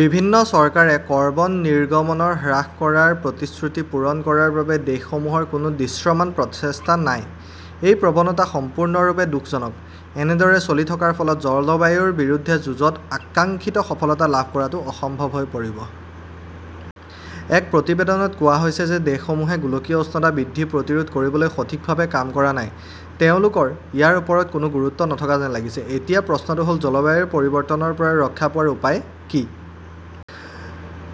বিভিন্ন চৰকাৰে কৰ্বন নিৰ্গমন হ্ৰাস কৰাৰ প্ৰতিশ্ৰুতি পূৰণ কৰাৰ বাবে দেশসমূহৰ কোনো দৃশ্যমান প্ৰচেষ্টা নাই। এই প্ৰৱণতা সম্পূৰ্ণৰূপে দুখজনক। এনেদৰে চলি থকাৰ ফলত জলবায়ুৰ বিৰুদ্ধে যুঁজত আকাংক্ষিত সফলতা লাভ কৰাটো অসম্ভৱ হৈ পৰিব। এক প্ৰতিবেদনত কোৱা হৈছে যে দেশসমূহে গোলকীয় উষ্ণতা বৃদ্ধি প্ৰতিৰোধ কৰিবলৈ সঠিকভাৱে কাম কৰা নাই। তেওঁলোকৰ ইয়াৰ ওপৰত কোনো গুৰুত্ব নথকা যেন লাগিছে! এতিয়া প্ৰশ্নটো হ'ল জলবায়ু পৰিৱৰ্তনৰ পৰা ৰক্ষা পোৱাৰ উপায় কি?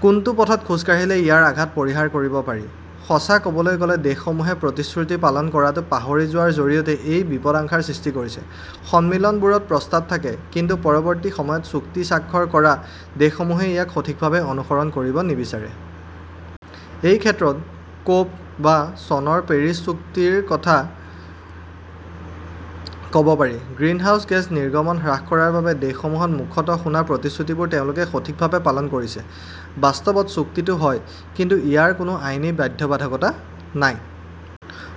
কোনটো পথত খোজ কাঢ়িলে ইয়াৰ আঘাত পৰিহাৰ কৰিব পাৰি? সঁচা ক'বলৈ গ'লে, দেশসমূহে প্ৰতিশ্ৰুতি পালন কৰাটো পাহৰি যোৱাৰ জৰিয়তে এই বিপদাশংকাৰ সৃষ্টি কৰিছে। সন্মিলনবোৰত প্ৰস্তাৱ থাকে, কিন্তু পৰৱৰ্তী সময়ত চুক্তি স্বাক্ষৰ কৰা দেশসমূহেই ইয়াক সঠিকভাৱে অনুসৰণ কৰিব নিবিচাৰে। এই ক্ষেত্ৰত ক 'প- বা চনৰ পেৰিছ চুক্তিৰ কথা ক' ব পাৰি। গ্ৰীণহাউছ গেছ নিৰ্গমন হ্ৰাস কৰাৰ বাবে দেশসমূহৰ মুখত শুনা প্ৰতিশ্ৰুতিবোৰ তেওঁলোকে সঠিকভাৱে পালন কৰিছে নেকি? বাস্তৱত, চুক্তিটো হয়, কিন্তু ইয়াৰ কোনো আইনী বাধ্যবাধকতা নাই।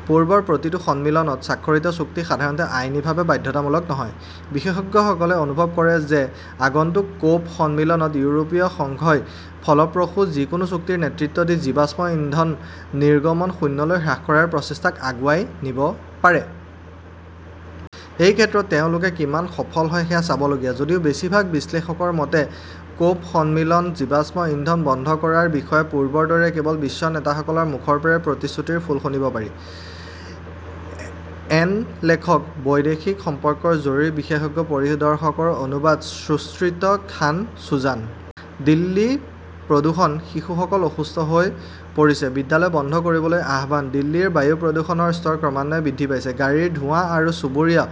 পূৰ্বৰ প্ৰতিটো সন্মিলনত স্বাক্ষৰিত চুক্তি সাধাৰণতে আইনীভাৱে বাধ্যতামূলক নহয়। বিশেষজ্ঞসকলে অনুভৱ কৰে যে আগন্তুক কপ- সন্মিলনত ইউৰোপীয় সংঘই ফলপ্ৰসূ যিকোনো চুক্তিৰ নেতৃত্ব দি জীৱাশ্ম ইন্ধন নিৰ্গমন 'শূন্য' লৈ হ্ৰাস কৰাৰ প্ৰচেষ্টাক আগুৱাই নিব পাৰে। এই ক্ষেত্ৰত তেওঁলোকে কিমান সফল হয় সেয়া চাবলগীয়া। যদিও বেছিভাগ বিশ্লেষকৰ মতে, কপ- সন্মিলনত জীৱাশ্ম ইন্ধন বন্ধ কৰাৰ বিষয়ে পূৰ্বৰ দৰে কেৱল বিশ্ব নেতাসকলৰ মুখৰ পৰাই প্ৰতিশ্ৰুতিৰ ফুল শুনিব পাৰি! এন লেখকঃ বৈদেশিক সম্পৰ্কৰ জৰুৰী বিশেষজ্ঞ পৰিষদৰ পৰা অনুবাদঃ সুম্ৰীত খান সুজান। দিল্লী প্ৰদূষণঃ শিশুসকল অসুস্থ হৈ পৰিছে, বিদ্যালয় বন্ধ কৰিবলৈ আহ্বান দিল্লীৰ বায়ু প্ৰদূষণৰ স্তৰ ক্ৰমান্বয়ে বৃদ্ধি পাইছে। গাড়ীৰ ধোঁৱা আৰু চুবুৰীয়া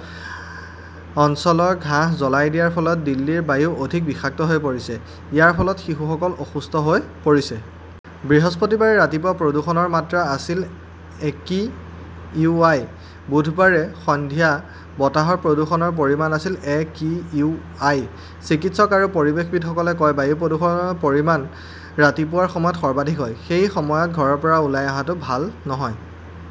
অঞ্চলৰ ঘাঁহ জ্বলাই দিয়াৰ ফলত দিল্লীৰ বায়ু অধিক বিষাক্ত হৈ পৰিছে। ইয়াৰ ফলত শিশুসকল অসুস্থ হৈ পৰিছে। বৃহস্পতিবাৰে ৰাতিপুৱা প্ৰদূষণৰ মাত্ৰা আছিল একিউআই। বুধবাৰে সন্ধিয়া বতাহৰ প্ৰদূষণৰ পৰিমাণ আছিল একিউআই। চিকিৎসক আৰু পৰিৱেশবিদসকলে কয়, "বায়ু প্ৰদূষণৰ পৰিমাণ ৰাতিপুৱাৰ সময়ত সৰ্বাধিক হয়। সেই সময়ত ঘৰৰ পৰা ওলাই অহাটো ভাল নহয়।